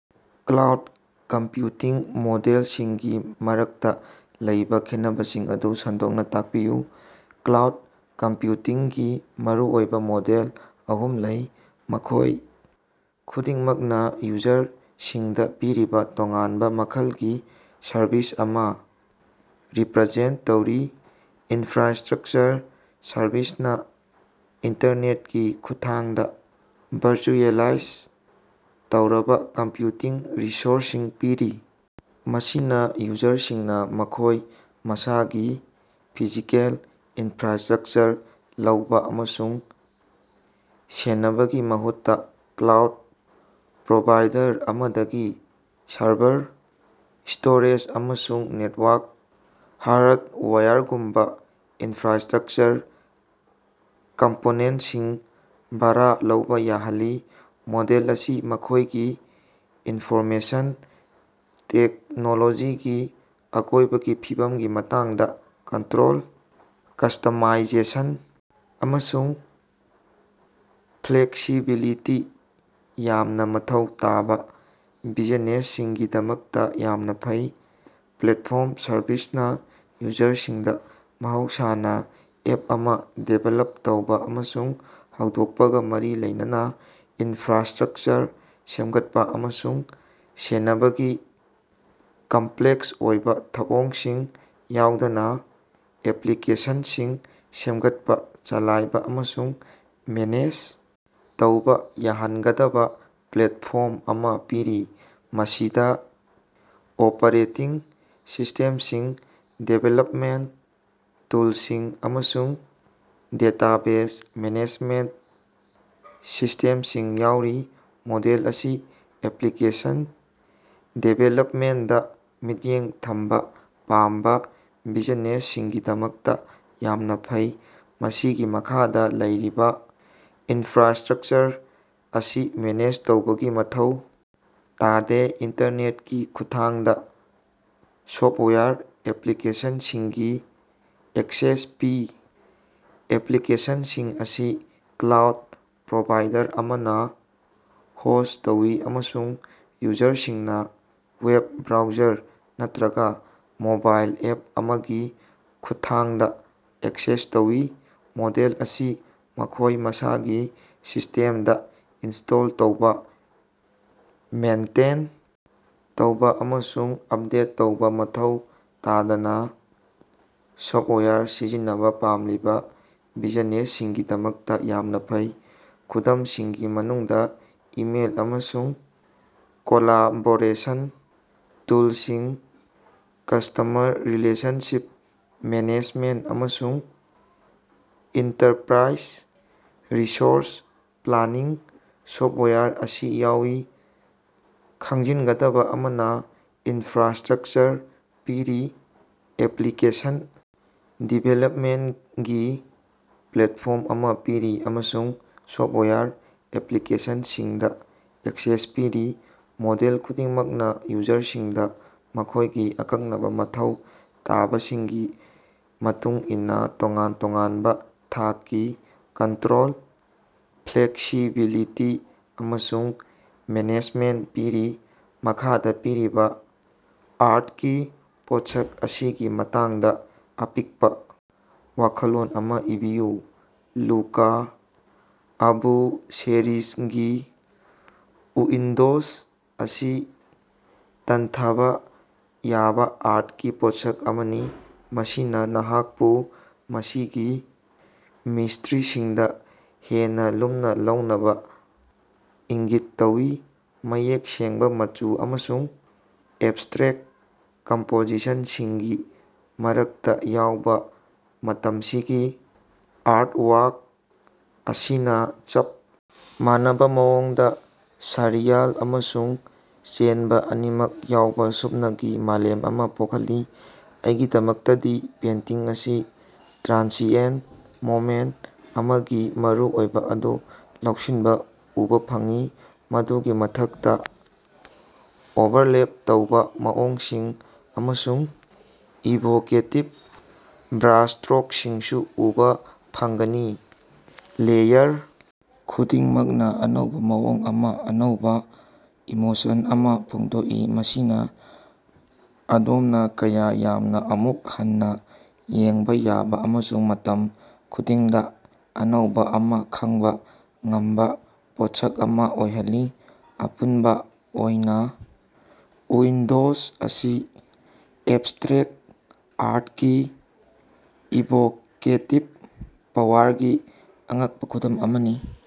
Cloud computing ꯃꯣꯗꯦꯜꯁꯤꯡꯒꯤ ꯃꯔꯛꯇꯥ ꯂꯩꯕꯥ ꯈꯦꯠꯅꯕꯁꯤꯡ ꯑꯗꯨ ꯁꯟꯗꯣꯛꯅꯥ ꯇꯥꯛꯄꯤꯌꯨ꯫ ꯀ꯭ꯂꯥꯎꯠ ꯀꯝꯄ꯭ꯌꯨꯇꯤꯡꯒꯤ ꯃꯔꯨꯑꯣꯏꯕꯥ ꯃꯣꯗꯦꯜ ꯑꯍꯨꯝꯂꯩ, ꯃꯈꯣꯏ ꯈꯨꯗꯤꯡꯃꯛꯅꯥ ꯌꯨꯖꯔꯁꯤꯡꯗꯥ ꯄꯤꯔꯤꯕꯥ ꯇꯣꯉꯥꯟꯕꯥ ꯃꯈꯜꯒꯤ ꯁꯔꯚꯤꯁ ꯑꯃꯥ ꯔꯤꯄ꯭ꯔꯖꯦꯟꯇ ꯇꯧꯔꯤ꯫ ꯏꯟꯐ꯭ꯔꯥꯁꯇ꯭ꯔꯛꯆꯔ ꯁꯔꯚꯤꯁꯅꯥ ꯏꯟꯇꯔꯅꯦꯠꯀꯤ ꯈꯨꯠꯊꯥꯡꯗꯥ ꯚꯔꯆꯨꯑꯦꯂꯥꯏꯖ ꯇꯧꯔꯕꯥ ꯀꯝꯄ꯭ꯌꯨꯇꯤꯡ ꯔꯤꯁꯣꯔꯁꯁꯤꯡ ꯄꯤꯔꯤ꯫ ꯃꯁꯤꯅꯥ ꯌꯨꯖꯔꯁꯤꯡꯅꯥ ꯃꯈꯣꯏ ꯃꯁꯥꯒꯤ ꯐꯤꯖꯤꯀꯦꯜ ꯏꯟꯐ꯭ꯔꯥꯁꯇ꯭ꯔꯛꯆꯔ ꯂꯧꯕꯥ ꯑꯃꯁꯨꯡ ꯁꯦꯟꯅꯕꯒꯤ ꯃꯍꯨꯠꯇꯥ, ꯀ꯭ꯂꯥꯎꯠ ꯄ꯭ꯔꯣꯚꯥꯏꯗꯔ ꯑꯃꯗꯒꯤ ꯁꯔꯚꯔ, ꯁ꯭ꯇꯣꯔꯦꯖ ꯑꯃꯁꯨꯡ ꯅꯦꯠꯋꯥꯛ ꯍꯥꯔꯠꯋꯥꯌꯔꯒꯨꯝꯕꯥ ꯏꯟꯐ꯭ꯔꯥꯁꯇ꯭ꯔꯛꯆꯔ ꯀꯝꯄꯣꯅꯦꯟꯁꯤꯡ ꯚꯥꯔꯥ ꯂꯧꯕꯥ ꯌꯥꯍꯜꯂꯤ꯫ ꯃꯣꯗꯦꯜ ꯑꯁꯤ ꯃꯈꯣꯏꯒꯤ ꯏꯟꯐꯣꯔꯃꯦꯁꯟ ꯇꯦꯛꯅꯣꯂꯣꯖꯤꯒꯤ ꯑꯀꯣꯏꯕꯒꯤ ꯐꯤꯕꯝꯒꯤ ꯃꯇꯥꯡꯗꯥ ꯀꯟꯇ꯭ꯔꯣꯜ, ꯀꯁꯇ꯭ꯃꯔꯥꯏꯖꯦꯁꯟ ꯑꯃꯁꯨꯡ ꯐ꯭ꯂꯦꯛꯁꯤꯕꯤꯂꯤꯇꯤ ꯌꯥꯝꯅꯥ ꯃꯊꯧ ꯇꯥꯕꯥ ꯕꯤꯖꯤꯅꯦꯁꯁꯤꯡꯒꯤꯗꯃꯛꯇꯥ ꯌꯥꯝꯅꯥ ꯐꯩ꯫ ꯄ꯭ꯂꯦꯠꯐꯣꯝ ꯁꯔꯚꯤꯁꯅꯥ ꯌꯨꯖꯔꯁꯤꯡꯗꯥ ꯃꯍꯧꯁꯥꯅꯥ ꯑꯦꯞ ꯑꯃꯥ ꯗꯤꯕꯦꯂꯞ ꯇꯧꯕꯥ ꯑꯃꯁꯨꯡ ꯍꯧꯗꯣꯛꯄꯒꯥ ꯃꯔꯤ ꯂꯩꯅꯕꯥ ꯏꯟꯐ꯭ꯔꯥꯁꯇ꯭ꯔꯛꯆꯔ ꯁꯦꯝꯒꯠꯄꯥ ꯑꯃꯁꯨꯡ ꯁꯦꯟꯅꯕꯒꯤ ꯀꯝꯄ꯭ꯂꯦꯛꯁ ꯑꯣꯏꯕꯥ ꯊꯧꯑꯣꯡꯁꯤꯡ ꯌꯥꯎꯗꯅꯥ ꯑꯦꯄ꯭ꯂꯤꯀꯦꯁꯟꯁꯤꯡ ꯁꯦꯝꯒꯠꯄꯥ ꯆꯂꯥꯏꯕꯥ ꯑꯃꯁꯨꯡ ꯃꯦꯅꯦꯖ ꯇꯧꯕꯥ ꯌꯥꯍꯟꯒꯗꯕꯥ ꯄ꯭ꯂꯦꯠꯐꯣꯔꯝ ꯑꯃꯥ ꯄꯤꯔꯤ꯫ ꯃꯁꯤꯗꯥ ꯑꯣꯄꯔꯦꯇꯤꯡ ꯁꯤꯁꯇꯦꯝꯁꯤꯡ, ꯗꯤꯕꯦꯂꯞꯃꯦꯟ ꯇꯨꯜꯁꯤꯡ ꯑꯃꯁꯨꯡ ꯗꯦꯇꯥꯕꯦꯖ ꯃꯦꯅꯦꯖꯃꯦꯟꯇ ꯁꯤꯁꯇꯦꯝꯁꯤꯡ ꯌꯥꯎꯔꯤ꯫ ꯃꯣꯗꯦꯜ ꯑꯁꯤ ꯑꯦꯄ꯭ꯂꯤꯀꯦꯁꯟ ꯗꯤꯕꯦꯂꯞꯃꯦꯟꯗꯥ ꯃꯤꯠꯌꯦꯡ ꯊꯝꯕꯥ ꯄꯥꯝꯕꯥ ꯕꯤꯖꯤꯅꯦꯁꯁꯤꯡꯒꯤꯗꯃꯛꯇꯥ ꯌꯥꯝꯅꯥ ꯐꯩ, ꯃꯁꯤꯒꯤ ꯃꯈꯥꯗꯥ ꯂꯩꯔꯤꯕꯥ ꯏꯟꯐ꯭ꯔꯥꯁꯇ꯭ꯔꯛꯆꯔ ꯑꯁꯤ ꯃꯦꯅꯦꯖ ꯇꯧꯕꯒꯤ ꯃꯊꯧ ꯇꯥꯗꯦ꯫ ꯏꯟꯇꯔꯅꯦꯠꯀꯤ ꯈꯨꯠꯊꯥꯡꯗꯥ ꯁꯣꯞꯋꯥꯌꯔ ꯑꯦꯄ꯭ꯂꯤꯀꯦꯁꯟꯁꯤꯡꯒꯤ ꯑꯦꯛꯁꯦꯁ ꯄꯤ꯫ ꯑꯦꯄ꯭ꯂꯤꯀꯦꯁꯟꯁꯤꯡ ꯑꯁꯤ ꯀ꯭ꯂꯥꯎꯠ ꯄ꯭ꯔꯣꯚꯥꯏꯗꯔ ꯑꯃꯅꯥ ꯍꯣꯁ ꯇꯧꯏ ꯑꯃꯁꯨꯡ ꯌꯨꯖꯔꯁꯤꯡꯅꯥ ꯋꯦꯕ ꯕ꯭ꯔꯥꯎꯖꯔ ꯅꯠꯇ꯭ꯔꯒꯥ ꯃꯣꯕꯥꯏꯜ ꯑꯦꯞ ꯑꯃꯒꯤ ꯈꯨꯠꯊꯥꯡꯗꯥ ꯑꯦꯛꯁꯦꯁ ꯇꯧꯏ꯫ ꯃꯣꯗꯦꯜ ꯑꯁꯤ ꯃꯈꯣꯏ ꯃꯁꯥꯒꯤ ꯁꯤꯁꯇꯦꯝꯗꯥ ꯏꯟꯁ꯭ꯇꯣꯜ ꯇꯧꯕꯥ, ꯃꯦꯟꯇꯦꯟ ꯇꯧꯕꯥ ꯑꯃꯁꯨꯡ ꯑꯞꯗꯦꯠ ꯇꯧꯕꯥ ꯃꯊꯧ ꯇꯥꯗꯅꯥ ꯁꯣꯞꯋꯥꯌꯔ ꯁꯤꯖꯤꯟꯅꯕꯥ ꯄꯥꯝꯂꯤꯕꯥ ꯕꯤꯖꯤꯅꯦꯁꯁꯤꯡꯒꯤꯗꯃꯛꯇꯥ ꯌꯥꯝꯅꯥ ꯐꯩ꯫ ꯈꯨꯗꯝꯁꯤꯡꯒꯤ ꯃꯅꯨꯡꯗꯥ ꯏꯃꯦꯜ ꯑꯃꯁꯨꯡ ꯀꯣꯂꯥꯕꯣꯔꯦꯁꯟ ꯇꯨꯜꯁꯤꯡ, ꯀꯁ꯭ꯇꯃꯔ ꯔꯤꯂꯦꯁꯟꯁꯤꯞ ꯃꯦꯅꯦꯖꯃꯦꯟ ꯑꯃꯁꯨꯡ ꯑꯦꯟꯇꯔꯄ꯭ꯔꯥꯏꯖ ꯔꯤꯁꯣꯔꯁ ꯄ꯭ꯂꯥꯅꯤꯡ ꯁꯣꯞꯋꯥꯌꯔ ꯑꯁꯤ ꯌꯥꯎꯏ꯫ ꯈꯪꯖꯤꯟꯒꯗꯕꯥ ꯑꯃꯅꯥ ꯏꯟꯐ꯭ꯔꯥꯁꯇ꯭ꯔꯛꯆꯔ ꯄꯤꯔꯤ, ꯑꯦꯄ꯭ꯂꯤꯀꯦꯁꯟ ꯗꯤꯚꯦꯂꯞꯃꯦꯟꯒꯤ ꯄ꯭ꯂꯦꯠꯐꯣꯔꯝ ꯑꯃꯥ ꯄꯤꯔꯤ ꯑꯃꯁꯨꯡ ꯁꯣꯞꯋꯥꯌꯔ ꯑꯦꯄ꯭ꯂꯤꯀꯦꯁꯟꯁꯤꯡꯗꯥ ꯑꯦꯛꯁꯦꯁ ꯄꯤꯔꯤ꯫ ꯃꯣꯗꯦꯜ ꯈꯨꯗꯤꯡꯃꯛꯅꯥ ꯌꯨꯖꯔꯁꯤꯡꯗꯥ ꯃꯈꯣꯏꯒꯤ ꯑꯀꯛꯅꯕꯥ ꯃꯊꯧ ꯇꯥꯕꯁꯤꯡꯒꯤ ꯃꯇꯨꯡ ꯏꯟꯅꯥ ꯇꯣꯉꯥꯟ ꯇꯣꯉꯥꯟꯕꯥ ꯊꯥꯛꯀꯤ ꯀꯟꯇ꯭ꯔꯣꯜ, ꯐ꯭ꯂꯦꯛꯁꯤꯕꯤꯂꯤꯇꯤ ꯑꯃꯁꯨꯡ ꯃꯦꯅꯦꯖꯃꯦꯟ ꯄꯤꯔꯤ꯫ ꯃꯈꯥꯗꯥ ꯄꯤꯔꯤꯕꯥ ꯑꯥꯔꯠꯀꯤ ꯄꯣꯠꯁꯛ ꯑꯁꯤꯒꯤ ꯃꯇꯥꯡꯗꯥ ꯑꯄꯤꯛꯄꯥ ꯋꯥꯈꯜꯂꯣꯟ ꯑꯃꯥ ꯏꯕꯤꯌꯨ꯫ ꯂꯨꯀꯥ ꯑꯕꯨꯁꯦꯔꯤꯖꯒꯤ "ꯎꯏꯟꯗꯣꯖ" ꯑꯁꯤ ꯇꯟꯊꯕꯥ ꯌꯥꯕꯥ ꯑꯥꯔꯠꯀꯤ ꯄꯣꯠꯁꯛ ꯑꯃꯅꯤ, ꯃꯁꯤꯅꯥ ꯅꯍꯥꯛꯄꯨ ꯃꯁꯤꯒꯤ ꯃꯤꯁꯇ꯭ꯔꯤꯁꯤꯡꯗꯥ ꯍꯦꯟꯅꯥ ꯂꯨꯝꯅꯥ ꯂꯧꯅꯕꯥ ꯏꯪꯒꯤꯠ ꯇꯧꯏ꯫ ꯃꯌꯦꯛ ꯁꯦꯡꯕꯥ ꯃꯆꯨ ꯑꯃꯁꯨꯡ ꯑꯦꯞꯁꯇ꯭ꯔꯦꯛ ꯀꯝꯄꯣꯖꯤꯁꯟꯁꯤꯡꯒꯤ ꯃꯔꯛꯇꯥ ꯌꯥꯎꯕꯥ ꯃꯇꯝꯁꯤꯒꯤ ꯑꯥꯔꯠꯋꯥꯛ ꯑꯁꯤꯅꯥ ꯆꯞ ꯃꯥꯟꯅꯕꯥ ꯃꯑꯣꯡꯗꯥ ꯁꯔꯔꯤꯌꯥꯜ ꯑꯃꯁꯨꯡ ꯆꯦꯟꯕꯥ ꯑꯅꯤꯃꯛ ꯌꯥꯎꯕꯥ ꯁꯨꯞꯅꯒꯤ ꯃꯥꯂꯦꯝ ꯑꯃꯥ ꯄꯣꯛꯍꯜꯂꯤ꯫ ꯑꯩꯒꯤꯗꯃꯛꯇꯗꯤ ꯄꯦꯟꯇꯤꯡ ꯑꯁꯤꯅꯥ ꯇ꯭ꯔꯥꯟꯁꯤꯑꯦꯟ ꯃꯣꯃꯦꯟ ꯑꯃꯒꯤ ꯃꯔꯨꯑꯣꯏꯕꯥ ꯑꯗꯨ ꯂꯧꯁꯤꯟꯕꯥ ꯎꯕꯥ ꯐꯪꯏ, ꯃꯗꯨꯒꯤ ꯃꯊꯛꯇꯥ ꯑꯣꯚꯔꯂꯦꯞ ꯇꯧꯕꯥ ꯃꯑꯣꯡꯁꯤꯡ ꯑꯃꯁꯨꯡ ꯏꯚꯣꯀꯦꯇꯤꯄ ꯕ꯭ꯔꯥꯁꯇ꯭ꯔꯣꯛꯁꯤꯡꯁꯨ ꯎꯕꯥ ꯐꯪꯒꯅꯤ꯫ ꯂꯦꯌꯔ ꯈꯨꯗꯤꯡꯃꯛꯅꯥ ꯑꯅꯧꯕꯥ ꯃꯑꯣꯡ ꯑꯃꯥ, ꯑꯅꯧꯕꯥ ꯏꯃꯣꯁꯟ ꯑꯃꯥ ꯐꯣꯡꯗꯣꯛꯏ, ꯃꯁꯤꯅꯥ ꯑꯗꯣꯝꯅꯥ ꯀꯌꯥ ꯌꯥꯝꯅꯥ ꯑꯃꯨꯛ ꯍꯟꯅꯥ ꯌꯦꯡꯕꯥ ꯌꯥꯕꯥ ꯑꯃꯁꯨꯡ ꯃꯇꯝ ꯈꯨꯗꯤꯡꯗꯥ ꯑꯅꯧꯕꯥ ꯑꯃꯥ ꯈꯪꯕꯥ ꯉꯝꯕꯥ ꯄꯣꯠꯁꯛ ꯑꯃꯥ ꯑꯣꯏꯍꯜꯂꯤ꯫ ꯑꯄꯨꯟꯕꯥ ꯑꯣꯏꯅꯥ "ꯎꯏꯟꯗꯣꯖ" ꯑꯁꯤ ꯑꯦꯞꯁꯇ꯭ꯔꯦꯛ ꯑꯥꯔꯠꯀꯤ ꯏꯚꯣꯀꯦꯇꯤꯞ ꯄꯥꯋꯔꯒꯤ ꯑꯉꯛꯄꯥ ꯈꯨꯗꯝ ꯑꯃꯅꯤ꯫